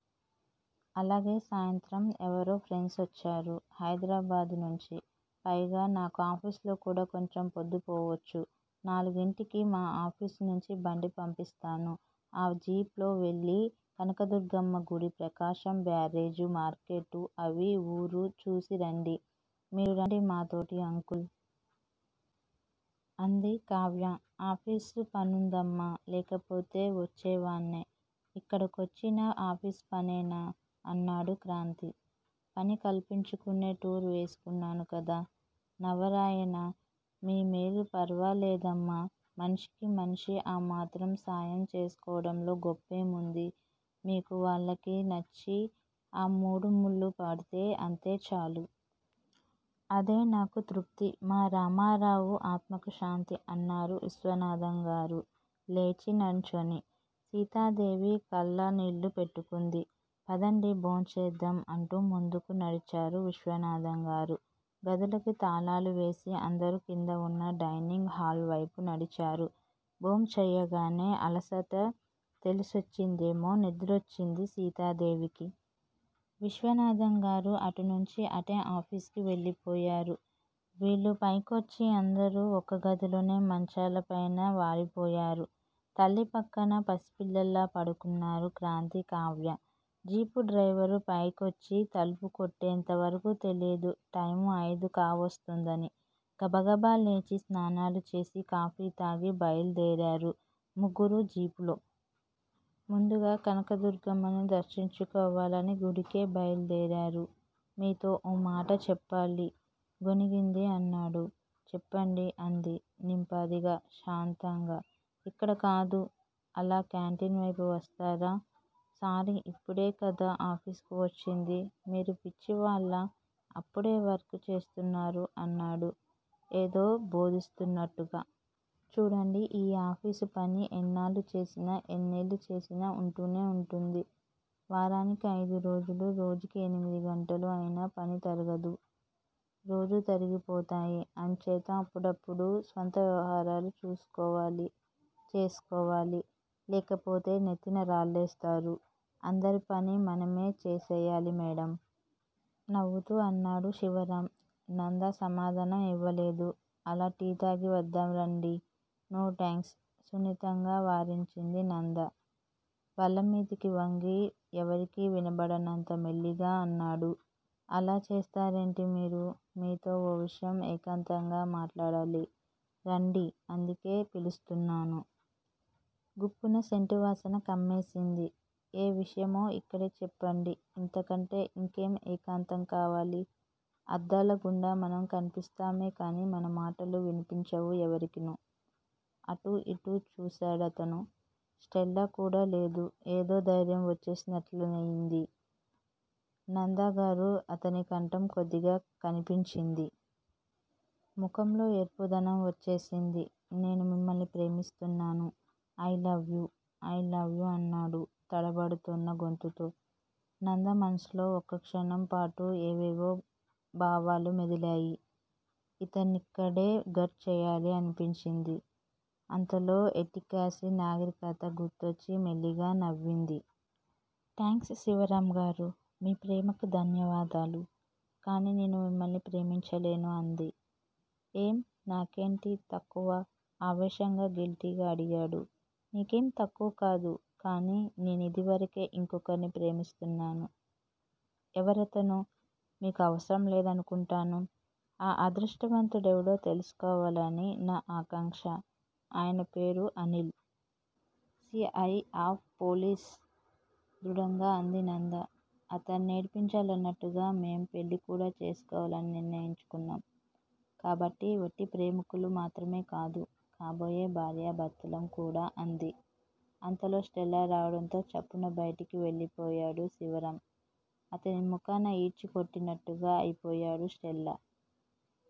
అలాగే సాయంత్రం ఎవరో ఫ్రెండ్సొచ్చారు హైదరాబాదు నుంచి. పైగా నాకు ఆఫీసులో కూడా కొంచెం పొద్దు పోవొచ్చు. నాలుగింటికి మా ఆఫీసు నుంచి బండి పంపిస్తాను. ఆ జీప్ లో వెళ్ళి కనకదుర్గమ్మ గుడి, ప్రకాశం బ్యారేజ్, మార్కెట్టూ అవీ ఊరు చూసిరండి. మీరూ రండి మాతోటీ అంకుల్! అంది కావ్య. ఆఫీసు పనుందమ్మా! లేకపోతే వొచ్చేవాణ్ణే! ఇక్కడ కొచ్చినా ఆఫీసుపనేనా? అన్నాడు క్రాంతి. పని కల్పించుకునే టూర్ వేసుకున్నాను కదా! నవ్వారాయన. మీ మేలు ఫరవాలేదమ్మా! మనిషికి మనిషి ఆ మాత్రం సాయం చేసుకోవడంలో గొప్పేముంది? మీకూ వాళ్లకీ నచ్చి, ఆ మూడుముళ్ళుపడితే అంతే చాలు. అదే నాకు తృప్తి. మా రామారావు ఆత్మకి శాంతి! అన్నారు విశ్వనాథంగారు లేచి నుంచుని! సీతాదేవి కళ్లనీళ్ళు పెట్టుకుంది. పదండి భోంచేద్దాం అంటూ ముందుకు నడిచారు విశ్వనాథంగారు. గదులకి తాళాలువేసి, అందరూ కిందవున్న డైనింగ్ హాలు వైపు నడిచారు. భోంచెయ్యగానే అలసట తెలిసొచ్చిందేమో, నిద్రొచ్చింది సీతాదేవికి. విశ్వనాథంగారు అటునుంచి అటే ఆఫీసుకి వెళ్ళిపోయారు. వీళ్ళు పైకొచ్చి, అందరూ ఒక్క గదిలోనే మంచాల పైన వాలిపోయారు. తల్లి పక్కన పసిపిల్లల్లా పడుకున్నారు క్రాంతీ, కావ్య! జీపు డ్రైవర్ పైకొచ్చి తలుపు కొట్టేంత వరకూ తెలీదు, టైము అయిదు కావొస్తోందని. గబగబా లేచి స్నానాలు చేసి, కాఫీ తాగి బయలుదేరారు ముగ్గురూ జీపులో. ముందుగా కనకదుర్గమ్మని దర్శించుకోవాలని గుడికే బయలుదేరారు. మీతో ఓ మాట చెప్పాలి! గొణిగింది అన్నాడు. చెప్పండి! అంది నింపాదిగా శాంతంగా. ఇక్కడ కాదు! అలా కేంటీన్ వైపు వస్తారా? సారీ! ఇప్పుడే కదా ఆఫీసుకు వచ్చింది. మీరు పిచ్చివాళ్ళు అప్పుడే వర్క్ చేస్తున్నారు అన్నాడు ఏదో భోధిస్తున్నట్టుగా. చూడండి ఈ ఆఫేసు పని ఎన్నాళ్ళు చేసినా ఎన్నేళ్ళు చేసినా వుంటూనే వుంటుంది. వారానికి అయిదురోజులు రోజుకి ఎనిమిది గంటలు! అయినా పని తరగదు! రోజు తరిగిపోతాయి. అంచేత అప్పుడప్పుడు స్వంత వ్యవహారాలు చూసుకోవాలి. చేసుకోవాలి! లేకపోతే నెత్తిన రాళ్ళేస్తారు అందరి పని మనమే చేసెయ్యాలి మేడం! నవ్వుతూ అన్నాడు శివరాం. నంద సమాధానం ఇవ్వలేదు. అలా టీ తాగి వద్దాం రండి! No thanks! సున్నితంగా వారించింది నంద. బల్లమీదికి వంగి ఎవరికీ వినబడనంత మెల్లిగా అన్నాడు. అలా చేస్తారేమిటి మీరు? మీతో ఓ విషయం ఏకాంతంగా మాట్లాడాలి! రండి! అందుకే పిలుస్తున్నాను! గుప్పున సెంటు వాసన కమ్మేసింది. ఏ విషయమో ఇక్కడే చెప్పండి! ఇంతకంటే ఇంకేం ఏకాంతం కావాలి? అద్దాలగుండా మనం కనిపిస్తామే కానీ మన మాటలు వినిపించవు ఎవరికీను. అటు యిటు చూశాడతను. స్టెల్లాకూడా లేదు. ఏదో ధైర్యం వచ్చేసినట్లయింది. నందగారూ! అతని కంఠం కొద్దిగా కంపించింది. ముఖంలో ఎరుపు దనం వచ్చేసింది. నేను మిమ్మల్ని ప్రేమిస్తున్నాను. I love you! I love you! అన్నాడు తడబడ్తోన్న గొంతుతో. నంద మనస్సులో ఒక్కక్షణం పాటు ఏవేవో భావాలు మెదిలాయి. ఇతన్నిక్కడే ఘట్ చేయాలి! అనిపించింది. అంతలో ఎటికసీ, నాగరికతా గుర్తుకొచ్చి మెల్లిగా నవ్వింది. థాంక్స్ శివరాంగారూ! మీ ప్రేమకి ధన్యవాదాలు కానీ నేను మిమ్మల్ని ప్రేమించలేను! అంది. ఏం? నాకేమిటి తక్కువ! ఆవేశంగా గిల్టీగా అడిగాడు. మీకేమీ తక్కువ కాదు. కానీ నేనిదివరకే ఇంకొకర్ని ప్రేమిస్తున్నాను. ఎవరతను? మీకు అవసరం లేదనుకుంటాను! ఆ అదృష్టవంతుడెవడో తెలుసుకోవాలని నా ఆకాంక్ష! ఆయన పేరు Anil! C. I. Of police! దృఢంగా అంది నంద. అతన్నేడిపించాలన్నట్టుగా మేం పెళ్ళి కూడా చేసుకోవాలని నిర్ణయించుకున్నాం. కాబట్టి ఒట్టి ప్రేమికులు మాత్రమే కాదు! కాబోయే భార్యాభర్తలం కూడా! అంది. అంతలో స్టెల్లా రావటంతో చప్పున బయటికి వెళ్ళిపోయాడు శివరాం! అతని ముఖాన యీడ్చికొట్టినట్టుగా అయిపోయాడు. స్టెల్లా